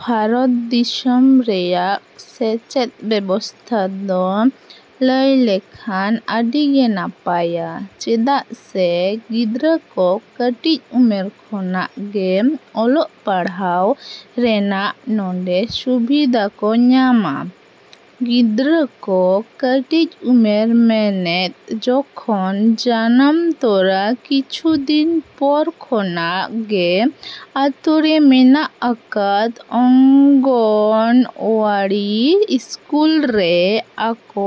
‎ᱵᱷᱟᱨᱚᱛ ᱫᱤᱥᱚᱢ ᱨᱮᱭᱟᱜ ᱥᱮᱪᱮᱫ ᱵᱮᱵᱚᱥᱛᱷᱟ ᱫᱚ ᱞᱟᱹᱭ ᱞᱮᱠᱷᱟᱱ ᱟᱹᱰᱤᱜᱮ ᱱᱟᱯᱟᱭᱟ, ᱪᱮᱫᱟᱜ ᱥᱮ ᱜᱤᱫᱽᱨᱟᱹ ᱠᱚ ᱠᱟᱹᱴᱤᱡ ᱩᱢᱮᱨ ᱠᱷᱚᱱᱟᱜ ᱜᱮ ᱚᱞᱚᱜ ᱯᱟᱲᱦᱟᱣ ᱨᱮᱱᱟᱜ ᱱᱚᱰᱮ ᱥᱩᱵᱤᱫᱷᱟ ᱠᱚ ᱧᱟᱢᱟ᱾ ᱜᱤᱫᱽᱨᱟᱹ ᱠᱚ ᱠᱟᱹᱴᱤᱡ ᱩᱢᱮᱨ ᱢᱮᱱᱮᱫ ᱡᱚᱠᱷᱚᱱ ᱡᱟᱱᱟᱢ ᱛᱚᱨᱟ ᱠᱤᱪᱷᱩ ᱫᱤᱱ ᱯᱚᱨ ᱠᱷᱚᱱᱟᱜ ᱜᱮ ᱟᱛᱳᱨᱮ ᱢᱮᱱᱟᱜ ᱟᱠᱟᱫ ᱚᱝᱜᱚᱱᱳᱣᱟᱲᱤ ᱤᱥᱠᱩᱞ ᱨᱮ ᱟᱠᱚ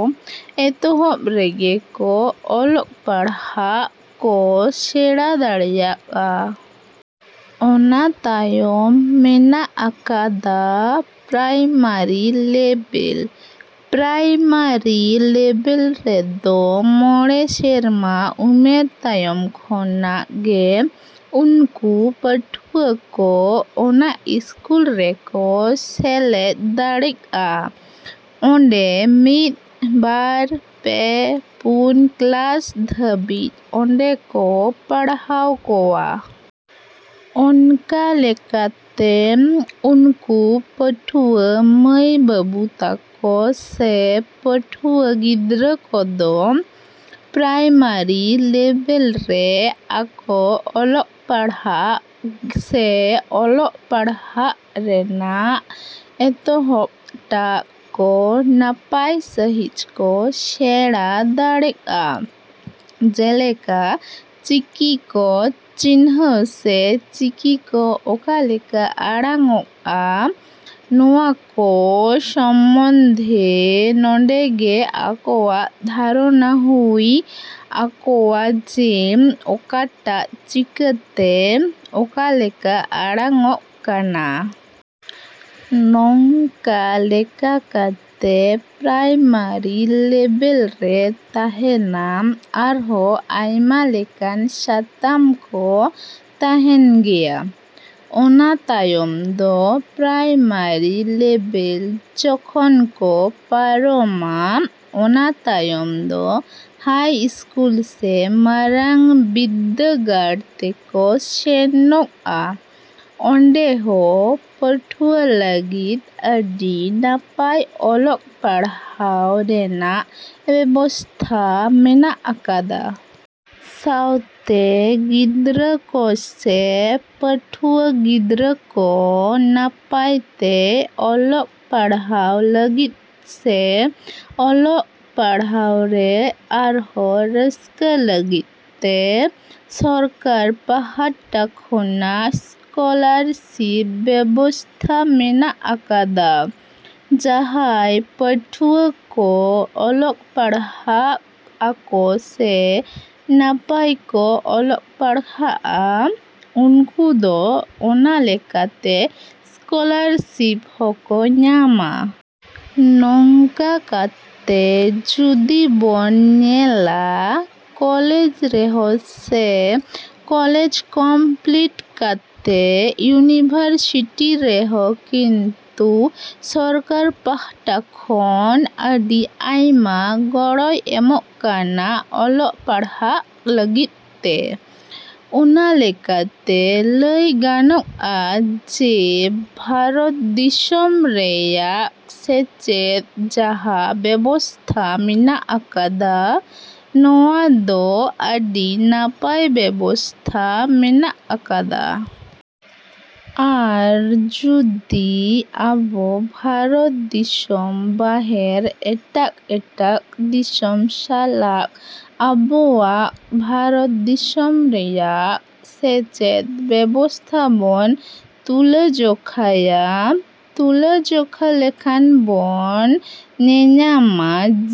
ᱮᱛᱚᱦᱚᱵ ᱨᱮᱜᱮ ᱠᱚ ᱚᱞᱚᱜ ᱯᱟᱲᱦᱟᱜ ᱠᱚ ᱥᱮᱬᱟ ᱫᱟᱲᱮᱭᱟᱜᱼᱟ᱾ ᱚᱱᱟ ᱛᱟᱭᱚᱢ ᱢᱮᱱᱟᱜ ᱟᱠᱟᱫᱟ ᱯᱨᱟᱭᱢᱟᱨᱤ ᱞᱮᱵᱮᱞ᱾ ᱯᱨᱟᱭᱢᱟᱨᱤ ᱞᱮᱵᱮᱞ ᱨᱮᱫᱚ ᱢᱚᱬᱮ ᱥᱮᱨᱢᱟ ᱩᱢᱮᱨ ᱛᱟᱭᱚᱢ ᱠᱷᱚᱱᱟᱜ ᱜᱮ ᱩᱱᱠᱩ ᱯᱟᱹᱴᱷᱩᱣᱟᱹ ᱠᱚ ᱚᱱᱟ ᱤᱥᱠᱩᱞ ᱨᱮᱠᱚ ᱥᱮᱞᱮᱫ ᱫᱟᱲᱮᱜᱼᱟ᱾ ᱚᱸᱰᱮ ᱢᱤᱫ, ᱵᱟᱨ, ᱯᱮ, ᱯᱩᱱ ᱠᱞᱟᱥ ᱫᱷᱟᱹᱵᱤᱡ ᱚᱸᱰᱮ ᱠᱚ ᱯᱟᱲᱦᱟᱣ ᱠᱚᱣᱟ᱾ ᱚᱱᱠᱟ ᱞᱮᱠᱟᱛᱮ ᱩᱱᱠᱩ ᱯᱟᱹᱴᱷᱩᱣᱟᱹ ᱢᱟᱹᱭᱼᱵᱟᱹᱵᱩ ᱛᱟᱠᱚ ᱥᱮ ᱯᱟᱹᱴᱷᱩᱣᱟᱹ ᱜᱤᱫᱽᱨᱟᱹ ᱠᱚᱫᱚ ᱯᱨᱟᱭᱢᱟᱨᱤ ᱞᱮᱵᱮᱞ ᱨᱮ ᱟᱠᱚ ᱚᱞᱚᱜ ᱯᱟᱲᱦᱟᱜ ᱥᱮ ᱚᱞᱚᱜ ᱯᱟᱲᱦᱟᱜ ᱨᱮᱱᱟᱜ ᱮᱛᱚᱦᱚᱵ ᱴᱟᱜ ᱠᱚ ᱱᱟᱯᱟᱭ ᱥᱟᱺᱦᱤᱡ ᱠᱚ ᱥᱮᱬᱟ ᱫᱟᱲᱮᱜᱼᱟ᱾ ᱡᱮᱞᱮᱠᱟ ᱪᱤᱠᱤ ᱠᱚ ᱪᱤᱱᱦᱟᱹᱣ ᱥᱮ ᱪᱤᱠᱤ ᱠᱚ ᱚᱠᱟ ᱞᱮᱠᱟ ᱟᱲᱟᱝ ᱚᱜᱼᱟ, ᱱᱚᱣᱟ ᱠᱚ ᱥᱚᱢᱚᱱᱫᱷᱮ ᱱᱚᱰᱮᱜᱮ ᱟᱠᱚᱣᱟᱜ ᱫᱷᱟᱨᱚᱱᱟ ᱦᱩᱭ ᱟᱠᱚᱣᱟ ᱡᱮ ᱚᱠᱟᱴᱟᱜ ᱪᱤᱠᱟᱹᱛᱮ ᱚᱠᱟ ᱞᱮᱠᱟ ᱟᱲᱟᱝ ᱚᱜ ᱠᱟᱱᱟ᱾ ᱱᱚᱝᱠᱟ ᱞᱮᱠᱟ ᱠᱟᱛᱮ ᱯᱨᱟᱭᱢᱟᱨᱤ ᱞᱮᱵᱮᱞ ᱨᱮ ᱛᱟᱦᱮᱱᱟ ᱟᱨᱦᱚᱸ ᱟᱭᱢᱟ ᱞᱮᱠᱟᱱ ᱥᱟᱛᱟᱢ ᱠᱚ ᱛᱟᱦᱮᱱ ᱜᱮᱭᱟ᱾ ᱚᱱᱟ ᱛᱟᱭᱚᱢ ᱫᱚ ᱯᱨᱟᱭᱢᱟᱨᱤ ᱞᱮᱵᱮᱞ ᱡᱚᱠᱷᱚᱱ ᱠᱚ ᱯᱟᱨᱚᱢᱟ, ᱚᱱᱟ ᱛᱟᱭᱚᱢ ᱫᱚ ᱦᱟᱭ ᱤᱥᱠᱩᱞ ᱥᱮ ᱢᱟᱨᱟᱝ ᱵᱤᱫᱽᱫᱟᱹᱜᱟᱲ ᱛᱮᱠᱚ ᱥᱮᱱᱚᱜᱼᱟ᱾ ᱚᱸᱰᱮ ᱦᱚᱸ ᱯᱟᱹᱴᱷᱩᱣᱟᱹ ᱞᱟᱹᱜᱤᱫ ᱟᱹᱰᱤ ᱱᱟᱯᱟᱭ ᱚᱞᱚᱜ ᱯᱟᱲᱦᱟᱣ ᱨᱮᱱᱟᱜ ᱵᱮᱵᱚᱥᱛᱷᱟ ᱢᱮᱱᱟᱜ ᱟᱠᱟᱫᱟ᱾ ᱥᱟᱶᱛᱮ ᱜᱤᱫᱽᱨᱟᱹ ᱠᱚ ᱥᱮ ᱯᱟᱹᱴᱷᱩᱣᱟᱹ ᱜᱤᱫᱽᱨᱟᱹ ᱠᱚ ᱱᱟᱯᱟᱭᱛᱮ ᱚᱞᱚᱜ ᱯᱟᱲᱦᱟᱣ ᱞᱟᱹᱜᱤᱫ ᱥᱮ ᱚᱞᱚᱜ ᱯᱟᱲᱦᱟᱣ ᱨᱮ ᱟᱨᱦᱚᱸ ᱨᱟᱹᱥᱠᱟᱹ ᱞᱟᱹᱜᱤᱫ ᱛᱮ ᱥᱚᱨᱠᱟᱨ ᱯᱟᱦᱴᱟ ᱠᱷᱚᱱᱟᱜ ᱥᱠᱚᱞᱟᱨᱥᱤᱯ ᱵᱮᱵᱚᱥᱛᱷᱟ ᱢᱮᱱᱟᱜ ᱟᱠᱟᱫᱟ᱾ ᱡᱟᱦᱟᱸᱭ ᱯᱟᱹᱴᱷᱩᱣᱟᱹ ᱠᱚ ᱚᱞᱚᱜ ᱯᱟᱲᱦᱟᱜ ᱟᱠᱚ ᱥᱮ ᱱᱟᱯᱟᱭ ᱠᱚ ᱚᱞᱚᱜ ᱯᱟᱲᱦᱟᱜᱼᱟ, ᱩᱱᱠᱩ ᱫᱚ ᱚᱱᱟ ᱞᱮᱠᱟᱛᱮ ᱥᱠᱚᱞᱟᱨᱥᱤᱯ ᱦᱚᱸᱠᱚ ᱧᱟᱢᱟ᱾ ᱱᱚᱝᱠᱟ ᱠᱟᱛᱮ ᱡᱩᱫᱤ ᱵᱚᱱ ᱧᱮᱞᱟ, ᱠᱚᱞᱮᱡᱽ ᱨᱮᱦᱚᱸ ᱥᱮ ᱠᱚᱞᱮᱡᱽ ᱠᱚᱢᱯᱞᱤᱴ ᱠᱟᱛᱮ ᱤᱭᱩᱱᱤᱵᱷᱟᱨᱥᱤᱴᱤ ᱨᱮᱦᱚᱸ ᱠᱤᱱᱛᱩ ᱥᱚᱨᱠᱟᱨ ᱯᱟᱦᱴᱟ ᱠᱷᱚᱱ ᱟᱹᱰᱤ ᱟᱭᱢᱟ ᱜᱚᱲᱚᱭ ᱮᱢᱚᱜ ᱠᱟᱱᱟ ᱚᱞᱚᱜ ᱯᱟᱲᱦᱟᱜ ᱞᱟᱹᱜᱤᱫ ᱛᱮ᱾ ᱚᱱᱟ ᱞᱮᱠᱟᱛᱮ ᱞᱟᱹᱭ ᱜᱟᱱᱚᱜᱼᱟ ᱡᱮ ᱵᱷᱟᱨᱚᱛ ᱫᱤᱥᱚᱢ ᱨᱮᱭᱟᱜ ᱥᱮᱪᱮᱫ ᱡᱟᱦᱟᱸ ᱵᱮᱵᱚᱥᱛᱷᱟ ᱢᱮᱱᱟᱜ ᱟᱠᱟᱫᱟ, ᱱᱚᱣᱟ ᱫᱚ ᱟᱹᱰᱤ ᱱᱟᱯᱟᱭ ᱵᱮᱵᱚᱥᱛᱷᱟ ᱢᱮᱱᱟᱜ ᱟᱠᱟᱫᱟ᱾ ᱟᱨ ᱡᱩᱫᱤ ᱟᱵᱚ ᱵᱷᱟᱨᱚᱛ ᱫᱤᱥᱚᱢ ᱵᱟᱦᱮᱨ ᱮᱴᱟᱜᱼᱮᱴᱟᱜ ᱫᱤᱥᱚᱢ ᱥᱟᱞᱟᱜ ᱟᱵᱚᱣᱟᱜ ᱵᱷᱟᱨᱚᱛ ᱫᱤᱥᱚᱢ ᱨᱮᱭᱟᱜ ᱥᱮᱪᱮᱫ ᱵᱮᱵᱚᱥᱛᱷᱟ ᱵᱚᱱ ᱛᱩᱞᱟᱹᱡᱚᱠᱷᱟᱭᱟ, ᱛᱩᱞᱟᱹᱡᱚᱠᱷᱟ ᱞᱮᱠᱷᱟᱱ ᱵᱚᱱ ᱧᱮᱧᱟᱢᱟ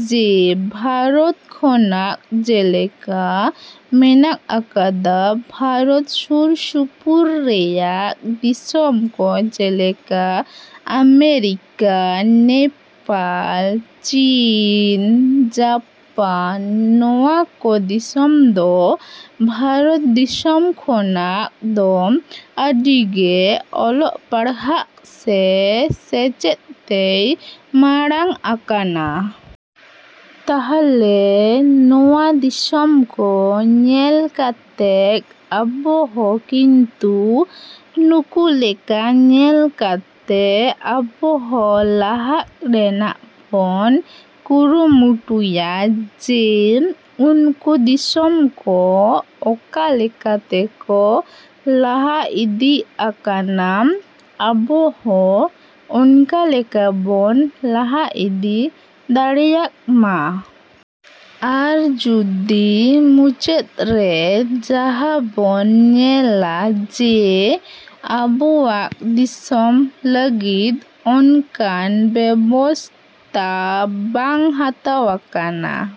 ᱡᱮ ᱵᱷᱟᱨᱚᱛ ᱠᱷᱚᱱᱟᱜ ᱡᱮᱞᱮᱠᱟ ᱢᱮᱱᱟᱜ ᱟᱠᱟᱫᱟ ᱵᱷᱟᱨᱚᱛ ᱥᱩᱨ ᱥᱩᱯᱩᱨ ᱨᱮᱭᱟᱜ ᱫᱤᱥᱚᱢ ᱠᱚ ᱡᱮᱞᱮᱠᱟ ᱟᱢᱮᱨᱤᱠᱟ, ᱱᱮᱯᱟᱞ, ᱪᱤᱱ, ᱡᱟᱯᱟᱱ, ᱱᱚᱣᱟ ᱠᱚ ᱫᱤᱥᱚᱢ ᱫᱚ ᱵᱷᱟᱨᱚᱛ ᱫᱤᱥᱚᱢ ᱠᱷᱚᱱᱟᱜ ᱫᱚ ᱟᱹᱰᱤᱜᱮ ᱚᱞᱚᱜ ᱯᱟᱲᱦᱟᱜ ᱥᱮ ᱥᱮᱪᱮᱫ ᱛᱮᱭ ᱢᱟᱲᱟᱝ ᱟᱠᱟᱱᱟ᱾ ᱛᱟᱦᱞᱮ ᱱᱚᱣᱟ ᱫᱤᱥᱚᱢ ᱠᱚ ᱧᱮᱞ ᱠᱟᱛᱮᱜ ᱟᱵᱚ ᱦᱚᱸ ᱠᱤᱱᱛᱩ ᱱᱩᱠᱩ ᱞᱮᱠᱟ ᱧᱮᱞ ᱠᱟᱛᱮ ᱟᱵᱚᱦᱚᱸ ᱞᱟᱦᱟᱜ ᱨᱮᱱᱟᱜ ᱵᱚᱱ ᱠᱩᱨᱩᱢᱩᱴᱩᱭᱟ ᱡᱮ ᱩᱱᱠᱩ ᱫᱤᱥᱚᱢ ᱠᱚ ᱚᱠᱟ ᱞᱮᱠᱟ ᱛᱮᱠᱚ ᱞᱟᱦᱟ ᱤᱫᱤ ᱟᱠᱟᱱᱟ, ᱟᱵᱚᱦᱚᱸ ᱚᱱᱠᱟ ᱞᱮᱠᱟ ᱵᱚᱱ ᱞᱟᱦᱟ ᱤᱫᱤ ᱫᱟᱲᱮᱭᱟᱜ ᱢᱟ᱾ ᱟᱨ ᱡᱩᱫᱤ ᱢᱩᱪᱟᱹᱫ ᱨᱮ ᱡᱟᱦᱟᱸ ᱵᱚᱱ ᱧᱮᱞᱟ ᱡᱮ ᱟᱵᱚᱣᱟᱜ ᱫᱤᱥᱚᱢ ᱞᱟ.ᱜᱤᱫ ᱚᱱᱠᱟᱱ ᱵᱮᱵᱚᱥᱛᱟ ᱵᱟᱝ ᱦᱟᱛᱟᱣ ᱟᱠᱟᱱᱟ ᱾